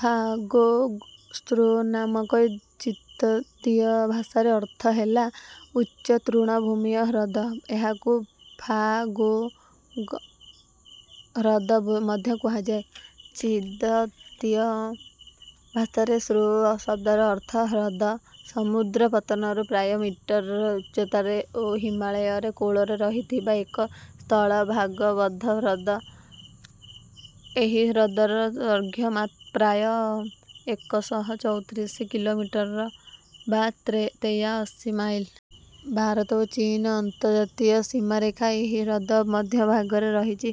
ପାଂଗୋଂଗ୍ ତ୍ସୋ ନାମର ତିବ୍ୱତୀୟ ଭାଷାରେ ଅର୍ଥ ହେଲା ଉଚ୍ଚ ତୃଣଭୂମୀୟ ହ୍ରଦ। ଏହାକୁ ପାଂଗୋଂଗ୍ ହ୍ରଦ ମଧ୍ୟ କୁହାଯାଏ। ତିବ୍ୱତୀୟ ଭାଷାରେ ତ୍ସୋ ଶବ୍ଦର ଅର୍ଥ ହ୍ରଦ। ସମୁଦ୍ରପତନରୁ ପ୍ରାୟ ମିଟର୍ ଉଚ୍ଚତାରେ ଓ ହିମାଳୟରେ କୋଳରେ ରହିଥିବା ଏକ ସ୍ଥଳଭାଗବଦ୍ଧ ହ୍ରଦ। ଏହି ହ୍ରଦର ଦୈର୍ଘ୍ୟ ପ୍ରାୟ ଏକ ଶହ ଚଉତିରିଶ କିଲୋମିଟର୍ ବା ତେୟାଅଶୀ ମାଇଲ୍। ଭାରତ ଓ ଚୀନର ଅନ୍ତର୍ଜାତୀୟ ସୀମାରେଖା ଏହି ହ୍ରଦର ମଧ୍ୟଭାଗରେ ରହିଛି।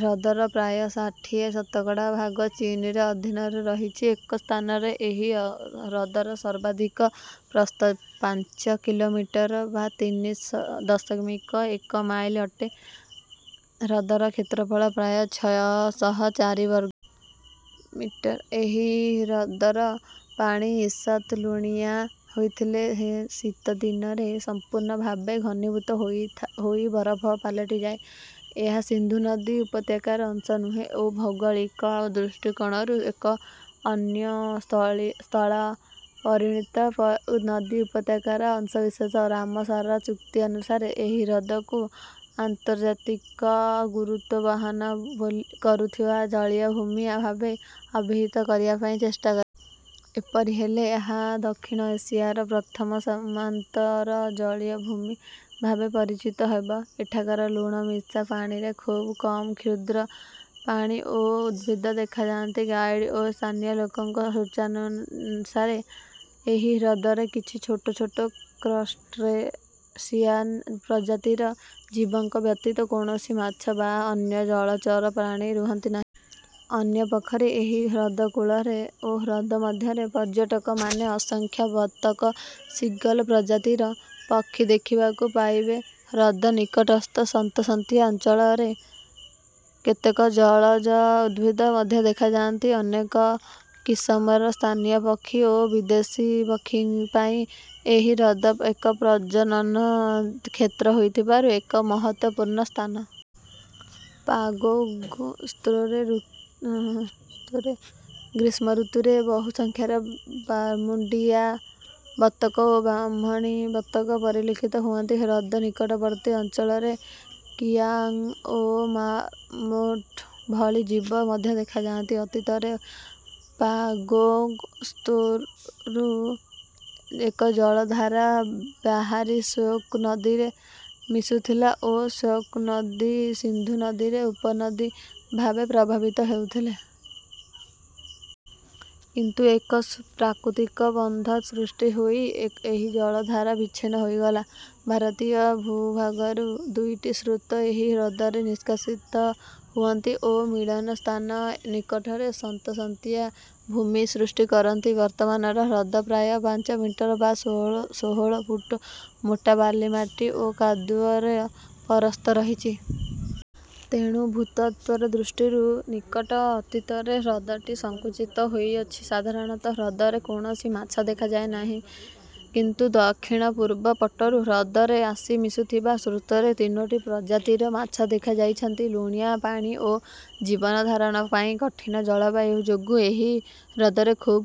ହ୍ରଦର ପ୍ରାୟ ଷାଠିଏ ଶତକଡା ଭାଗ ଚୀନର ଅଧୀନରେ ରହିଛି। ଏକ ସ୍ଥାନରେ ଏହି ହ୍ରଦର ସର୍ବାଧିକ ପ୍ରସ୍ଥ ପାଞ୍ଚ କିଲୋମିଟର୍ ବା ତିନି ଦଶମିକ ଏକ ମାଇଲ୍ ଅଟେ। ହ୍ରଦର କ୍ଷେତ୍ରଫଳ ପ୍ରାୟ ଛଅ ଶହ ଚାରି ବର୍ଗ କି. ମି.। ଏହି ହ୍ରଦର ପାଣି ଈଷତ୍ ଲୁଣିଆ ହୋଇଥିଲେ ହେଁ ଶୀତଦିନରେ ସମ୍ପୂର୍ଣ୍ଣ ଭାବେ ଘନୀଭୂତ ହୋଇ ବରଫ ପାଲଟିଯାଏ। ଏହା ସିନ୍ଧୁ ନଦୀ ଉପତ୍ୟକାର ଅଂଶ ନୁହେଁ ଓ ଭୌଗୋଳିକ ଦୃଷ୍ଟିକୋଣରୁ ଏକ ଅନ୍ୟ ସ୍ଥଳପରିମୀତ ନଦୀ ଉପତ୍ୟକାର ଅଂଶବିଶେଷ। ରାମସର ଚୁକ୍ତି ଅନୁସାରେ ଏହି ହ୍ରଦକୁ ଅନ୍ତର୍ଯାତିକ ଗୁରୁତ୍ତ୍ୱ ବହନ କରୁଥିବା ଜଳୀୟଭୂମି ଭାବେ ଅଭିହିତ କରିବା ପାଇଁ ଚେଷ୍ଟା । ଏପରି ହେଲେ ଏହା ଦକ୍ଷିଣ ଏସିଆର ପ୍ରଥମ ସୀମାନ୍ତର ଜଳୀୟଭୂମି ଭାବେ ପରିଚିତ ହେବ। ଏଠାକାର ଲୁଣମିଶା ପାଣିରେ ଖୁବ୍ କମ୍ କ୍ଷୁଦ୍ରପ୍ରାଣୀ ଓ ଉଦ୍ଭିଦ ଦେଖାଯାନ୍ତି। ଗାଇଡ୍ ଓ ସ୍ଥାନୀୟ ଲୋକଙ୍କ ସୂଚନାନୁସାରେ ଏହି ହ୍ରଦରେ କିଛି ଛୋଟ କ୍ରଷ୍ଟେସିୟାନ୍ ପ୍ରଜାତିର ଜୀବ ଙ୍କ ବ୍ୟତୀତ କୌଣସି ମାଛ ବା ଅନ୍ୟ ଜଳଚର ପ୍ରାଣୀ ରୁହନ୍ତି ନାହିଁ। ଅନ୍ୟ ପକ୍ଷରେ ଏହି ହ୍ରଦକୂଳରେ ଓ ହ୍ରଦମଧ୍ୟରେ ପର୍ଯ୍ୟଟକମାନେ ଅସଂଖ୍ୟ ବତକ ସିଗଲ୍ ପ୍ରଜାତିର ପକ୍ଷୀ ଦେଖିବାକୁ ପାଇବେ। ହ୍ରଦ ନିକଟସ୍ଥ ସନ୍ତସନ୍ତିଆ ଅଞ୍ଚଳରେ କେତେକ ଜଳଜ ଉଦ୍ଭିଦ ମଧ୍ୟ ଦେଖାଯାନ୍ତି। ଅନେକ କିସମର ସ୍ଥାନୀୟ ପକ୍ଷୀ ଓ ବିଦେଶୀ ପକ୍ଷୀଙ୍କ ପାଇଁ ଏହି ହ୍ରଦ ଏକ ପ୍ରଜନନ କ୍ଷେତ୍ର ହୋଇଥିବାରୁ ଏକ ମହତ୍ତ୍ୱପୂର୍ଣ୍ଣ ସ୍ଥାନ। ପାଂଗୋଂଗ୍ ତ୍ସୋରେ ଗ୍ରୀଷ୍ମଋତୁରେ ବହୁ ସଂଖ୍ୟାରେ ବାର୍ମୁଣ୍ଡିଆ ବତକ ଓ ବ୍ରାହ୍ମଣୀ ବତକ ପରିଲକ୍ଷିତ ହୁଅନ୍ତି। ହ୍ରଦ ନିକଟବର୍ତ୍ତୀ ଅଞ୍ଚଳରେ କିଆଂଗ୍ ଓ ମାର୍ମୋଟ୍ ଭଳି ଜୀବ ମଧ୍ୟ ଦେଖାଯାନ୍ତି। ଅତୀତରେ ପାଂଗୋଂଗ୍ ତ୍ସୋରୁ ଏକ ଜଳଧାରା ବାହାରି ଶ୍ୟୋକ୍ ନଦୀରେ ମିଶୁଥିଲା ଓ ଶ୍ୟୋକ୍ ନଦୀ ସିନ୍ଧୁ ନଦୀର ଉପନଦୀ ଭାବେ ପ୍ରବାହିତ ହେଉଥିଲା। କିନ୍ତୁ ଏକ ପ୍ରାକୃତିକ ବନ୍ଧ ସୃଷ୍ଟି ହୋଇ ଏହି ଜଳଧାରା ବିଚ୍ଛିନ୍ନ ହୋଇଗଲା। ଭାରତୀୟ ଭୂଭାଗରୁ ଦୁଇଟି ସ୍ରୋତ ଏହି ହ୍ରଦରେ ନିଷ୍କାସିତ ହୁଅନ୍ତି ଓ ମିଳନ ସ୍ଥାନ ନିକଟରେ ସନ୍ତସନ୍ତିଆ ଭୂମି ସୃଷ୍ଟି କରନ୍ତି। ବର୍ତ୍ତମାନର ହ୍ରଦରେ ପ୍ରାୟ ପାଞ୍ଚ ମିଟର୍ ବା ଷୋହଳ ଫୁଟ୍ ମୋଟା ବାଲି ମାଟି ଓ କାଦୁଅର ପରସ୍ତ ରହିଛି। ତେଣୁ ଭୂତତ୍ତ୍ୱ ଦୃଷ୍ଟିରୁ ନିକଟ ଅତୀତରେ ହ୍ରଦଟି ସଂକୁଚିତ ହୋଇଅଛି। ସାଧାରଣତଃ ହ୍ରଦରେ କୌଣସି ମାଛ ଦେଖାଯାଇନାହାନ୍ତି। କିନ୍ତୁ ଦକ୍ଷିଣପୂର୍ବ ପଟରୁ ହ୍ରଦରେ ଆସି ମିଶୁଥିବା ସ୍ରୋତ ରେ ତିନୋଟି ପ୍ରଜାତିର ମାଛ ଦେଖାଯାଇଛନ୍ତି। ଲୁଣିଆ ପାଣି ଓ ଜୀବନଧାରଣ ପାଇଁ କଠିନ ଜଳବାୟୁ ଯୋଗୁଁ ଏହି ହ୍ରଦରେ ଖୁବ୍ କମ୍